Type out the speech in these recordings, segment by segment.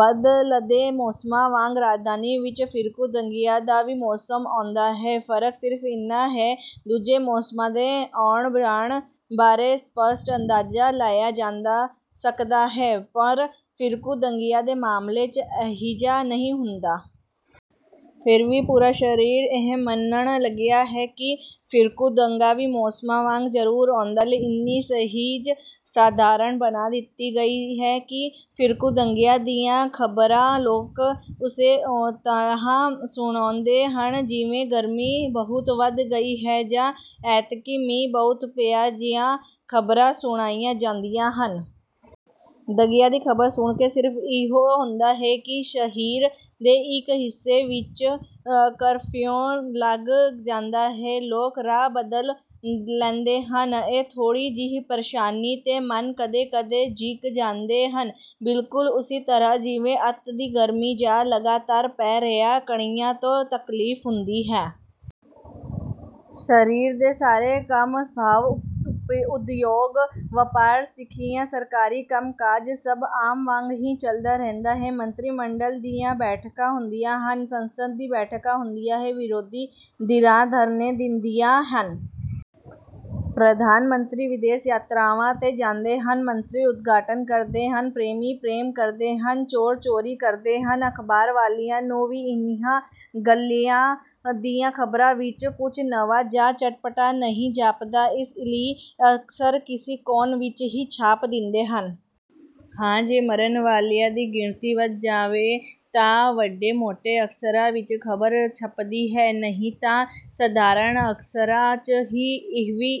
ਬਦਲਦੇ ਮੌਸਮਾਂ ਵਾਂਗ ਰਾਜਧਾਨੀ ਵਿੱਚ ਫਿਰਕੂ ਦੰਗਿਆਂ ਦਾ ਵੀ ਮੌਸਮ ਆਉਂਦਾ ਹੈ। ਫਰਕ ਸਿਰਫ ਏਨਾ ਹੈ ਦੂਜੇ ਮੌਸਮਾਂ ਦੇ ਆਉਣ-ਜਾਣ ਬਾਰੇ ਸਪੱਸ਼ਟ ਅੰਦਾਜ਼ਾ ਲਾਇਆ ਜਾ ਸਕਦਾ ਹੈ, ਪਰ ਫਿਰਕੂ ਦੰਗਿਆਂ ਦੇ ਮਾਮਲੇ 'ਚ ਅਜਿਹਾ ਨਹੀਂ ਹੁੰਦਾ। ਫਿਰ ਵੀ ਪੂਰਾ ਸ਼ਹਿਰ ਇਹ ਮੰਨਣ ਲੱਗਿਆ ਹੈ ਕਿ ਫਿਰਕੂ ਦੰਗਾ ਵੀ ਮੌਸਮਾਂ ਵਾਂਗ ਜ਼ਰੂਰ ਆਉਂਦਾ ਹੈ। ਗੱਲ ਇੰਨੀ ਸਹਿਜ-ਸਧਾਰਨ ਬਣਾ ਦਿੱਤੀ ਗਈ ਹੈ ਕਿ ਫਿਰਕੂ ਦੰਗਿਆਂ ਦੀਆਂ ਖ਼ਬਰਾਂ ਲੋਕ ਉਸੇ ਤਰ੍ਹਾਂ ਸੁਣਾਉਂਦੇ ਹਨ ਜਿਵੇਂ "ਗਰਮੀ ਬਹੁਤ ਵਧ ਗਈ ਹੈ' ਜਾਂ "ਐਤਕੀਂ ਮੀਂਹ ਬਹੁਤ ਪਿਆ" ਜਿਹੀਆਂ ਖਬਰਾਂ ਸੁਣਾਈਆਂ ਜਾਂਦੀਆਂ ਹਨ। ਦੰਗਿਆਂ ਦੀ ਖ਼ਬਰ ਸੁਣ ਕੇ ਸਿਰਫ ਇਹੋ ਹੁੰਦਾ ਹੈ ਕਿ ਸ਼ਹਿਰ ਦੇ ਇੱਕ ਹਿੱਸੇ ਵਿੱਚ ਕਰਫਿਊ ਲੱਗ ਜਾਂਦਾ ਹੈ। ਲੋਕ ਰਾਹ ਬਦਲ ਲੈਂਦੇ ਹਨ। ਇਸ ਥੋੜੀ ਜਿਹੀ ਪ੍ਰੇਸ਼ਾਨੀ 'ਤੇ ਮਨ ਕਦੇ-ਕਦੇ ਖਿਝ ਜਾਂਦੇ ਹਨ, ਬਿਲਕੁਲ ਉਸੇ ਤਰ੍ਹਾਂ ਜਿਵੇਂ ਅੱਤ ਦੀ ਗਰਮੀ ਜਾਂ ਲਗਾਤਾਰ ਪੈ ਰਹੀਆਂ ਕਣੀਆਂ ਤੋਂ ਤਕਲੀਫ ਹੁੰਦੀ ਹੈ। ਸ਼ਹਿਰ ਦੇ ਸਾਰੇ ਕੰਮ ਭਾਵ ਉਦਯੋਗ, ਵਪਾਰ, ਸਿੱਖਿਆ, ਸਰਕਾਰੀ ਕੰਮ-ਕਾਜ ਸਭ ਆਮ ਵਾਂਗ ਹੀ ਚਲਦਾ ਰਹਿੰਦਾ ਹੈ। ਮੰਤਰੀ ਮੰਡਲ਼ ਦੀਆਂ ਬੈਠਕਾਂ ਹੁੰਦੀਆਂ ਹਨ। ਸੰਸਦ ਦੀ ਬੈਠਕ ਹੁੰਦੀ ਹੈ। ਵਿਰੋਧੀ ਧਿਰਾਂ ਧਰਨੇ ਦਿੰਦੀਆਂ ਹਨ। ਪ੍ਰਧਾਨ ਮੰਤਰੀ ਵਿਦੇਸ਼ ਯਾਤਰਾਵਾਂ 'ਤੇ ਜਾਂਦੇ ਹਨ, ਮੰਤਰੀ ਉਦਘਾਟਨ ਕਰਦੇ ਹਨ, ਪ੍ਰੇਮੀ ਪ੍ਰੇਮ ਕਰਦੇ ਹਨ, ਚੋਰ ਚੋਰੀ ਕਰਦੇ ਹਨ। ਅਖ਼ਬਾਰ ਵਾਲ਼ਿਆਂ ਨੂੰ ਵੀ ਇਹਨਾਂ ਦੰਗਿਆਂ ਦੀਆਂ ਖ਼ਬਰਾਂ ਵਿੱਚ ਕੁੱਝ ਨਵਾਂ ਜਾਂ ਚਟਪਟਾ ਨਹੀਂ ਜਾਪਦਾ, ਇਸ ਲਈ ਅਕਸਰ ਕਿਸੇ ਕੋਨੇ ਵਿੱਚ ਹੀ ਛਾਪ ਦਿੰਦੇ ਹਨ। ਹਾਂ ਜੇ ਮਰਨ ਵਾਲ਼ਿਆਂ ਦੀ ਗਿਣਤੀ ਵਧ ਜਾਵੇ ਤਾਂ ਵੱਡੇ-ਮੋਟੇ ਅੱਖਰਾਂ ਵਿੱਚ ਖ਼ਬਰ ਛਪਦੀ ਹੈ, ਨਹੀਂ ਤਾਂ ਸਧਾਰਨ ਅੱਖਰਾਂ 'ਚ ਹੀ। ਇਹ ਵੀ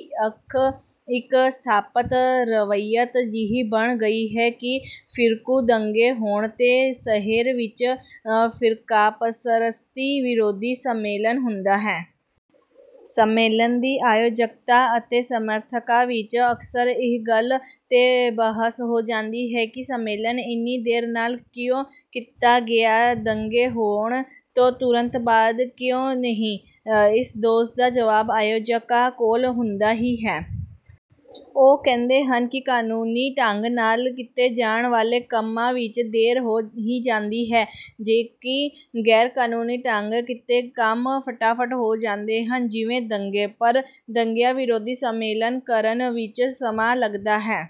ਇੱਕ ਸਥਾਪਤ ਰਵਾਇਤ ਜਿਹੀ ਬਣ ਗਈ ਹੈ ਕਿ ਫਿਰਕੂ ਦੰਗੇ ਹੋਣ 'ਤੇ ਸ਼ਹਿਰ ਵਿੱਚ "ਫਿਰਕਾਪ੍ਰਸਤੀ ਵਿਰੋਧੀ ਸੰਮੇਲਨ" ਹੁੰਦਾ ਹੈ। ਸੰਮੇਲਨ ਦੀ ਆਯੋਜਕਾਂ ਅਤੇ ਸਮਰਥਕਾਂ ਵਿੱਚ ਅਕਸਰ ਇਸ ਗੱਲ 'ਤੇ ਬਹਿਸ ਹੋ ਜਾਂਦੀ ਹੈ ਕਿ ਸੰਮੇਲਨ ਇੰਨੀ ਦੇਰ ਨਾਲ਼ ਕਿਉਂ ਕੀਤਾ ਗਿਆ, ਦੰਗੇ ਹੋਣ ਤੋਂ ਤੁਰੰਤ ਬਾਅਦ ਕਿਉਂ ਨਹੀਂ। ਇਸ ਦੋਸ਼ ਦਾ ਜਵਾਬ ਆਯੋਜਕਾਂ ਕੋਲ਼ ਹੁੰਦਾ ਹੀ ਹੈ। ਉਹ ਕਹਿੰਦੇ ਹਨ ਕਿ ਕਨੂੰਨੀ ਢੰਗ ਨਾਲ਼ ਕੀਤੇ ਜਾਣ ਵਾਲ਼ੇ ਕੰਮਾਂ ਵਿੱਚ ਦੇਰ ਹੋ ਹੀ ਜਾਂਦੀ ਹੈ। ਜਦਕਿ ਗੈਰ-ਕਨੂੰਨੀ ਢੰਗ ਨਾਲ਼ ਕੀਤੇ ਕੰਮ ਫਟਾਫਟ ਹੋ ਜਾਂਦੇ ਹਨ — ਜਿਵੇਂ ਦੰਗੇ। ਪਰ ਦੰਗਿਆਂ ਵਿਰੋਧੀ ਸੰਮੇਲਨ ਕਰਨ ਵਿੱਚ ਸਮਾਂ ਲਗਦਾ ਹੈ।